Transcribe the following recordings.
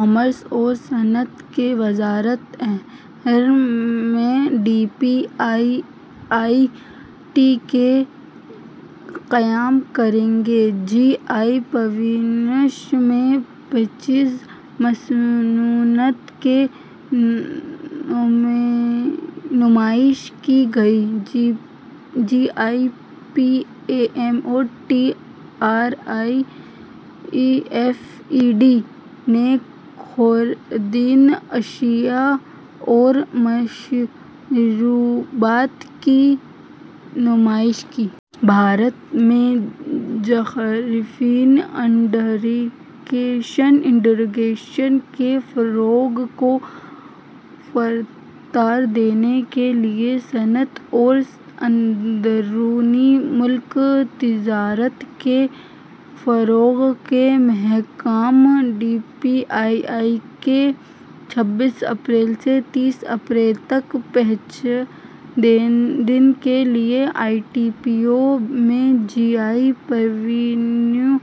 Commerce اور صنعت کی وزارت۔ آہار میں D P I I T کے قائم کردہ جی آئی پویلین میں پچیس مصنوعات کی نمائش کی گئی۔ سی آئی پی اے ایم اور ٹرائیفڈ نے خوردنی اشیا اور مشروبات کی نمائش کی۔ بھارت میں جغرافیائی انڈیکیشن کے فروغ کو رفتار دینے کے لیے صنعت اور اندرون ملک تجارت کے فروغ کے محکمے، D P I I T, نے چھبیس اپریل سے تیس اپریل تک پانچ دن کے لیے آئی ٹی پی او میں جی آئی پویلین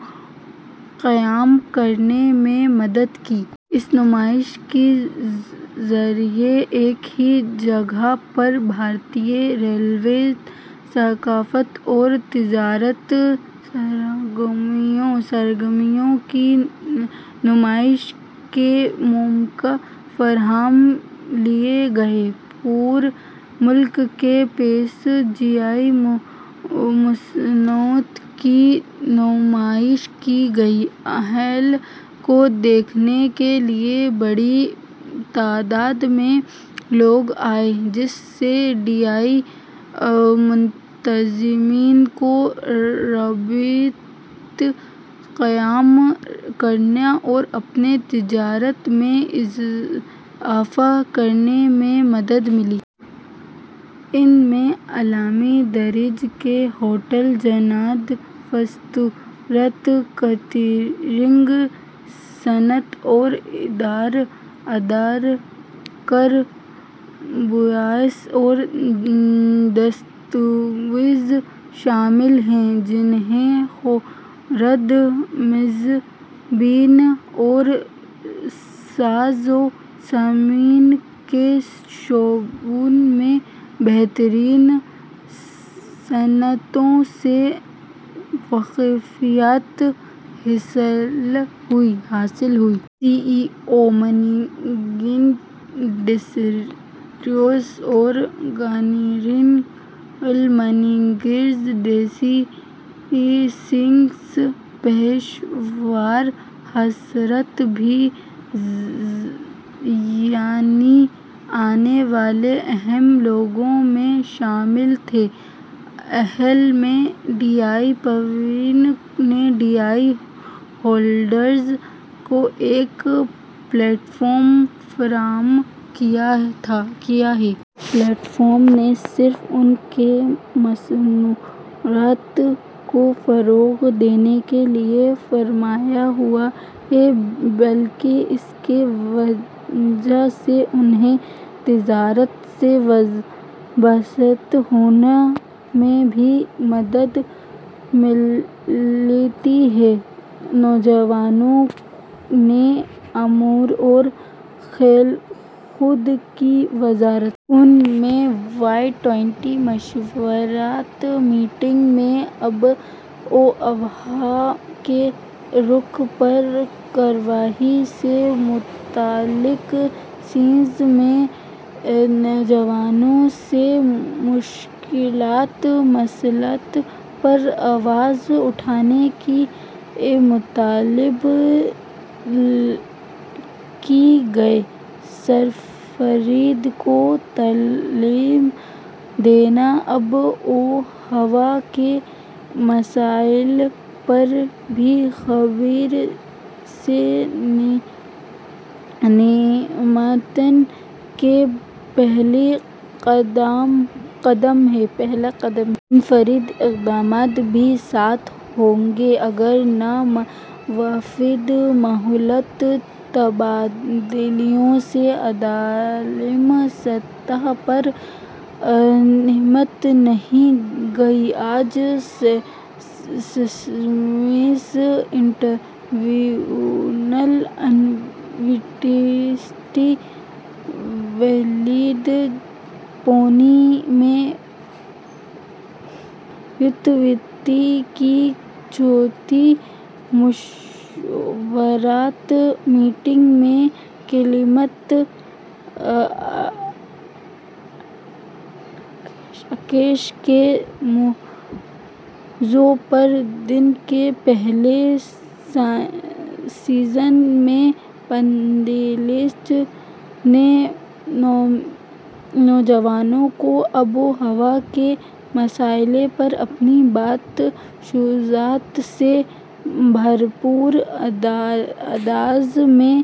قائم کرنے میں مدد کی۔ اس نمائش کے ذریعے ایک ہی جگہ پر بھارتی روایات، ثقافت اور تجارتی سرگرمیوں کی نمائش کا موقع فراہم کیا گیا۔ پورے ملک کی پچیس جی آئی مصنوعات کی نمائش کی گئی۔ آہار کو دیکھنے کے لیے بڑی تعداد میں لوگ آئے، جس سے جی آئی منتظمین کو رابطے قائم کرنے اور اپنی تجارت میں اضافہ کرنے میں مدد ملی۔ ان میں اعلیٰ درجے کی ہوٹل صنعت، ریسٹوراں، کیٹرنگ صنعت اور ادارے، درآمد کار، بائرز اور ڈسٹری بیوٹرز شامل ہیں، جنہیں خوراک، میزبانی اور سازوسامان کے شعبوں میں بہترین مصنوعات سے واقفیت حاصل ہوئی۔ C E O, managing directors اور جنرل منیجرز جیسے سینئر پیشہ ور حضرات بھی یہاں آنے والے اہم لوگوں میں شامل تھے۔ آہار میں جی آئی پویلین نے جی آئی ہولڈرز کو ایک پلیٹ فارم فراہم کیا ہے۔ یہ پلیٹ فارم نہ صرف ان کی مصنوعات کو فروغ دینے کے لیے فراہم ہوا ہے بلکہ اس کی وجہ سے انہیں تجارت سے وابستہ ہونے میں بھی مدد ملی ہے۔ نوجوانوں کے امور اور کھیل کود کی وزارت۔ پونے میں وائی ٹوئنٹی مشاورتی میٹنگ میں آب و ہوا کے رخ پر کارروائی سے متعلق سیشن میں نوجوانوں سے موسمیاتی مسائل پر آواز اٹھانے کا مطالبہ کیا گیا۔ صارفین کو تعلیم دینا آب و ہوا کے مسائل پر بے خبری سے نمٹنے کا پہلا قدم ہے۔ انفرادی اقدامات بے سود ہوں گے اگر ناموافق ماحولیاتی تبدیلیوں سے عالمی سطح پر نمٹا نہیں گیا۔ آج Symbiosis international university, Lavale, Pune میں یوتھ ٹوئنٹی کی چوتھی مشاورتی میٹنگ میں کلائمیٹ ایکشن کے موضوع پر دن کے پہلے سیشن میں پینلسٹوں نے نوجوانوں کو آب و ہوا کے مسائل پر اپنی بات شجاعت سے بھرپور انداز میں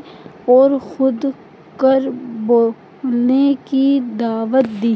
اور کھل کر بولنے کی دعوت دی۔